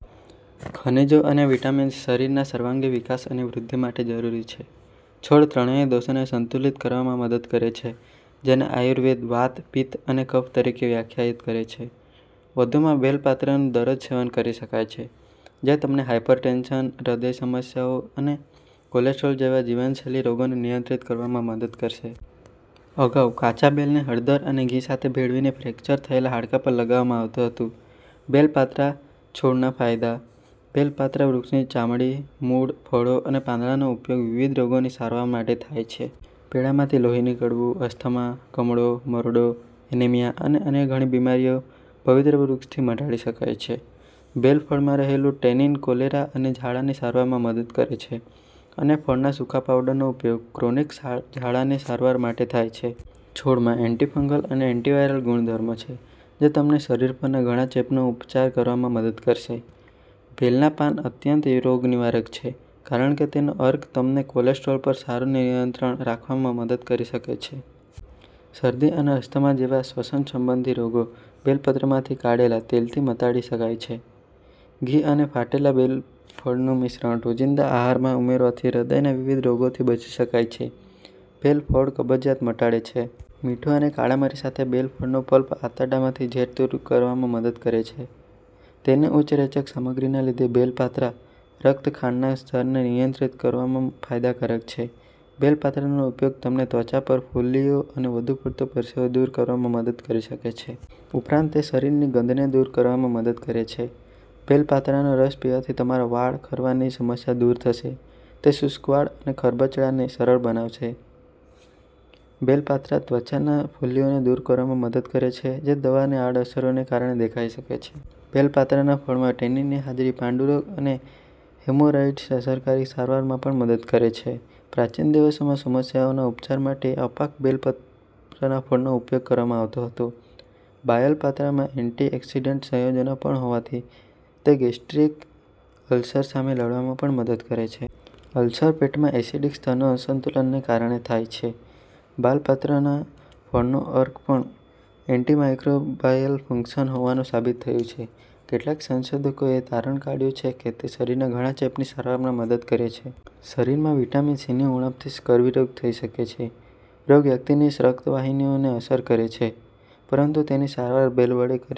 ખનિજો અને વિટામિન્સ શરીરના સર્વાંગી વિકાસ અને વૃદ્ધિ માટે જરૂરી છે. છોડ ત્રણેય દોષોને સંતુલિત કરવામાં મદદ કરે છે, જેને આયુર્વેદ વાત, પિત્ત અને કફ તરીકે વ્યાખ્યાયિત કરે છે. વધુમાં, બેલ પાત્રનું દરરોજ સેવન કરી શકાય છે, જે તમને હાયપરટેન્શન, હૃદયની સમસ્યાઓ અને કોલેસ્ટ્રોલ જેવા જીવનશૈલી રોગોને નિયંત્રિત કરવામાં મદદ કરશે. અગાઉ, કાચા બેલને હળદર અને ઘી સાથે ભેળવીને ફ્રેક્ચર થયેલા હાડકાં પર લગાવવામાં આવતું હતું. બેલ પાત્રા છોડના ફાયદા બેલ પાત્રા વૃક્ષની ચામડી, મૂળ, ફળો અને પાંદડાંનો ઉપયોગ વિવિધ રોગોની સારવાર માટે થાય છે. પેઢામાંથી લોહી નીકળવું, અસ્થમા, કમળો, મરડો, એનિમિયા અને અન્ય ઘણી બીમારીઓ પવિત્ર વૃક્ષથી મટાડી શકાય છે. બેલ ફળમાં રહેલું ટેનીન કોલેરા અને ઝાડાની સારવારમાં મદદ કરે છે અને ફળના સૂકા પાવડરનો ઉપયોગ ક્રોનિક ઝાડાની સારવાર માટે થાય છે. છોડમાં એન્ટિફંગલ અને એન્ટિવાયરલ ગુણધર્મો છે જે તમને શરીર પરના ઘણા ચેપનો ઉપચાર કરવામાં મદદ કરશે. બેલના પાન અત્યંત રોગનિવારક છે કારણ કે તેનો અર્ક તમને કોલેસ્ટ્રોલ પર સારો નિયંત્રણ રાખવામાં મદદ કરી શકે છે. શરદી અને અસ્થમા જેવા શ્વસન સંબંધી રોગો બેલ પત્રમાંથી કાઢેલા તેલથી મટાડી શકાય છે. ઘી અને ફાટેલા બેલ ફળનું મિશ્રણ રોજિંદા આહારમાં ઉમેરવાથી હૃદયના વિવિધ રોગોથી બચી શકાય છે. બેલ ફળ કબજિયાત મટાડે છે. મીઠું અને કાળા મરી સાથે બેલ ફળનો પલ્પ આંતરડામાંથી ઝેર દૂર કરવામાં મદદ કરે છે. તેની ઉચ્ચ રેચક સામગ્રીને લીધે, બેલ પાત્રા રક્ત ખાંડના સ્તરને નિયંત્રિત કરવામાં ફાયદાકારક છે. બેલ પાત્રાનો ઉપયોગ તમને ત્વચા પર ફોલ્લીઓ અને વધુ પડતો પરસેવો દૂર કરવામાં મદદ કરી શકે છે. ઉપરાંત, તે શરીરની ગંધને દૂર કરવામાં મદદ કરે છે. બેલ પાત્રાનો રસ પીવાથી તમારા વાળ ખરવાની સમસ્યા દૂર થશે. તે શુષ્ક વાળ અને ખરબચડાને સરળ બનાવશે. બેલ પાત્રા ત્વચાના ફોલ્લીઓને દૂર કરવામાં મદદ કરે છે જે દવાની આડઅસરોને કારણે દેખાઈ શકે છે. બેલ પાત્રાના ફળમાં ટેનીનની હાજરી પાંડુરોગ અને હેમોરહોઇડ્સની અસરકારક સારવારમાં પણ મદદ કરે છે. પ્રાચીન દિવસોમાં, સમસ્યાઓના ઉપચાર માટે અપાક બેલ પાત્રના ફળનો ઉપયોગ કરવામાં આવતો હતો. બાયલ પાત્રામાં એન્ટી-ઓક્સિડન્ટ સંયોજનો પણ હોવાથી તે ગેસ્ટ્રિક અલ્સર સામે લડવામાં પણ મદદ કરે છે. અલ્સર પેટમાં એસિડિક સ્તરના અસંતુલનને કારણે થાય છે. બાલ પાત્રા ફળનો અર્ક પણ એન્ટિમાઇક્રોબાયલ ફંક્શન્સ હોવાનું સાબિત થયું છે. કેટલાક સંશોધકોએ તારણ કાઢ્યું છે કે તે શરીરના ઘણા ચેપની સારવારમાં મદદ કરે છે. શરીરમાં વિટામિન સીની ઉણપથી સ્કર્વી રોગ થઈ શકે છે. રોગ વ્યક્તિની રક્તવાહિનીઓને અસર કરે છે પરંતુ તેની સારવાર બેલ વડે કરી